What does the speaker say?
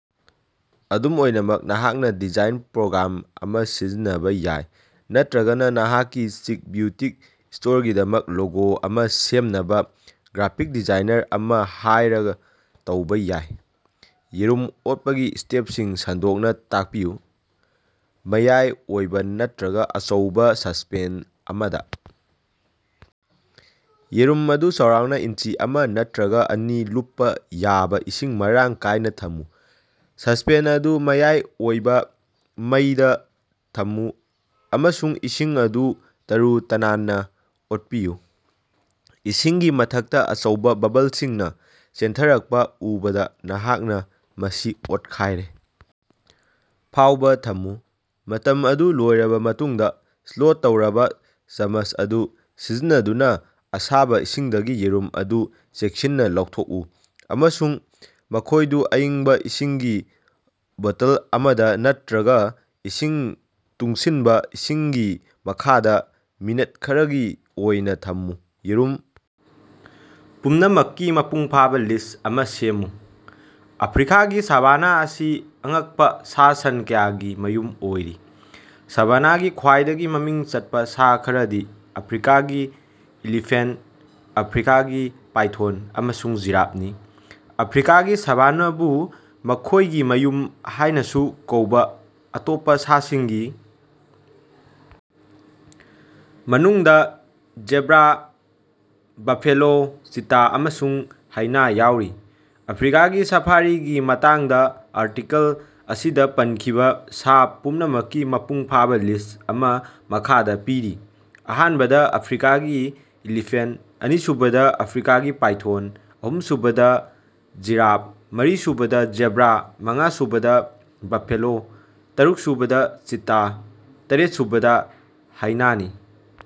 ꯑꯗꯨꯝ ꯑꯣꯏꯅꯃꯛ, ꯅꯍꯥꯛꯅꯥ ꯗꯤꯖꯥꯏꯟ ꯄ꯭ꯔꯣꯒ꯭ꯔꯥꯝ ꯑꯃꯥ ꯁꯤꯖꯤꯟꯅꯕꯥ ꯌꯥꯏ ꯅꯠꯇ꯭ꯔꯒꯥ ꯅꯍꯥꯛꯀꯤ "ꯆꯤꯛ" ꯕ꯭ꯌꯨꯇꯤꯛ ꯁ꯭ꯇꯣꯔꯒꯤꯗꯃꯛ ꯂꯣꯒꯣ ꯑꯃꯥ ꯁꯦꯝꯅꯕꯥ ꯒ꯭ꯔꯥꯐꯤꯛ ꯗꯤꯖꯥꯏꯅꯔ ꯑꯃꯥ ꯍꯥꯏꯔ ꯇꯧꯕꯥ ꯌꯥꯏ꯫ ꯌꯦꯔꯨꯝ ꯑꯣꯠꯄꯒꯤ ꯁ꯭ꯇꯦꯞꯁꯤꯡ ꯁꯟꯗꯣꯛꯅꯥ ꯇꯥꯛꯄꯤꯌꯨ꯫ ꯃꯌꯥꯏ ꯑꯣꯏꯕꯥ ꯅꯠꯇ꯭ꯔꯒꯥ ꯑꯆꯧꯕꯥ ꯁꯁꯄꯦꯟ ꯑꯃꯗꯥ ꯌꯦꯔꯨꯝ ꯑꯗꯨ ꯆꯥꯎꯔꯥꯛꯅꯥ ꯏꯟꯆꯤ ꯑꯃꯥ ꯅꯠꯇ꯭ꯔꯒꯥ ꯑꯅꯤ ꯂꯨꯞꯄꯥ ꯌꯥꯕꯥ ꯏꯁꯤꯡ ꯃꯔꯥꯡ ꯀꯥꯏꯅꯥ ꯊꯝꯃꯨ꯫ ꯁꯁꯄꯦꯟ ꯑꯗꯨ ꯃꯌꯥꯏ ꯑꯣꯏꯕꯥ ꯃꯩꯗꯥ ꯊꯝꯃꯨ ꯑꯃꯁꯨꯡ ꯏꯁꯤꯡ ꯑꯗꯨ ꯇꯔꯨ-ꯇꯅꯥꯟꯅꯥ ꯑꯣꯠꯄꯤꯌꯨ꯫ ꯏꯁꯤꯡꯒꯤ ꯃꯊꯛꯇꯥ ꯑꯆꯧꯕꯥ ꯕꯕꯜꯁꯤꯡꯅꯥ ꯆꯦꯟꯊꯔꯛꯄꯥ ꯎꯕꯗꯥ ꯅꯍꯥꯛꯅꯥ ꯃꯁꯤ ꯑꯣꯠꯈꯥꯏꯔꯦ ꯐꯥꯎꯕꯥ ꯊꯝꯃꯨ꯫ ꯃꯇꯝ ꯑꯗꯨ ꯂꯣꯏꯔꯕꯥ ꯃꯇꯨꯡꯗꯥ, ꯁ꯭ꯂꯣꯠ ꯇꯧꯔꯕꯥ ꯆꯃꯁ ꯑꯗꯨ ꯁꯤꯖꯤꯟꯅꯗꯨꯅꯥ ꯑꯁꯥꯕꯥ ꯏꯁꯤꯡꯗꯒꯤ ꯌꯦꯔꯨꯝ ꯑꯗꯨ ꯆꯦꯛꯁꯤꯟꯅꯥ ꯂꯧꯊꯣꯛꯎ ꯑꯃꯁꯨꯡ ꯃꯈꯣꯏꯗꯨ ꯑꯏꯪꯕꯥ ꯏꯁꯤꯡꯒꯤ ꯕꯣꯇꯜ ꯑꯃꯗꯥ ꯅꯠꯇ꯭ꯔꯒꯥ ꯏꯁꯤꯡ ꯇꯨꯡꯁꯤꯟꯕꯥ ꯏꯁꯤꯡꯒꯤ ꯃꯈꯥꯗꯥ ꯃꯤꯅꯠ ꯈꯔꯒꯤ ꯑꯣꯏꯅꯥ ꯊꯝꯃꯨ꯫ ꯌꯦꯔꯨꯝ ꯄꯨꯝꯅꯃꯛꯀꯤ ꯃꯄꯨꯡꯐꯥꯕꯥ ꯂꯤꯁ ꯑꯃꯥ ꯁꯦꯝꯃꯨ꯫ ꯑꯐ꯭ꯔꯤꯀꯥꯒꯤ ꯁꯥꯚꯥꯅꯥ ꯑꯁꯤ ꯑꯉꯛꯄꯥ ꯁꯥ-ꯁꯟ ꯀꯌꯥꯒꯤ ꯃꯌꯨꯝ ꯑꯣꯏꯔꯤ꯫ ꯁꯥꯚꯥꯅꯥꯒꯤ ꯈ꯭ꯋꯥꯏꯗꯒꯤ ꯃꯃꯤꯡ ꯆꯠꯄꯥ ꯁꯥ ꯈꯔꯗꯤ ꯑꯐ꯭ꯔꯤꯀꯥꯒꯤ ꯏꯂꯤꯐꯦꯟꯇ, ꯑꯐ꯭ꯔꯤꯀꯥꯒꯤ ꯄꯥꯏꯊꯣꯟ ꯑꯃꯁꯨꯡ ꯖꯤꯔꯥꯞꯅꯤ꯫ ꯑꯐ꯭ꯔꯤꯀꯥꯒꯤ ꯁꯥꯚꯥꯅꯥꯕꯨ ꯃꯈꯣꯏꯒꯤ ꯃꯌꯨꯝ ꯍꯥꯏꯅꯥꯁꯨ ꯀꯧꯕꯥ ꯑꯇꯣꯞꯄꯥ ꯁꯥꯁꯤꯡꯒꯤ ꯃꯅꯨꯡꯗꯥ ꯖꯦꯕ꯭ꯔꯥ, ꯕꯥꯐꯦꯂꯣ, ꯆꯤꯇꯥ ꯑꯃꯁꯨꯡ ꯍꯥꯏꯅꯥ ꯌꯥꯎꯔꯤ꯫ ꯑꯐ꯭ꯔꯤꯀꯥꯒꯤ ꯁꯐꯥꯔꯤꯒꯤ ꯃꯇꯥꯡꯗꯥ ꯑꯥꯔꯇꯤꯀꯜ ꯑꯁꯤꯗꯥ ꯄꯟꯈꯤꯕꯥ ꯁꯥ ꯄꯨꯝꯅꯃꯛꯀꯤ ꯃꯄꯨꯡ ꯐꯥꯕꯥ ꯂꯤꯁ ꯑꯃꯥ ꯃꯈꯥꯗꯥ ꯄꯤꯔꯤ: ꯑꯍꯥꯟꯕꯗ ꯑꯐ꯭ꯔꯤꯀꯥꯒꯤ ꯏꯂꯤꯐꯦꯟꯇ ꯑꯅꯤꯁꯨꯕꯗꯥ ꯑꯐ꯭ꯔꯤꯀꯥꯒꯤ ꯄꯥꯏꯊꯣꯟ ꯑꯍꯨꯝꯁꯨꯕꯗꯥ ꯖꯤꯔꯥꯐ ꯃꯥꯔꯤꯁꯨꯕꯗ ꯖꯦꯕ꯭ꯔꯥ ꯃꯉꯥ ꯁꯨꯕꯗꯥ ꯕꯐꯦꯂꯣ ꯇꯥꯔꯨꯛꯁꯨꯕꯗ ꯆꯤꯇꯥ ꯇꯔꯦꯠꯁꯨꯕꯗ ꯍꯥꯌꯅꯥ ꯅꯤ꯫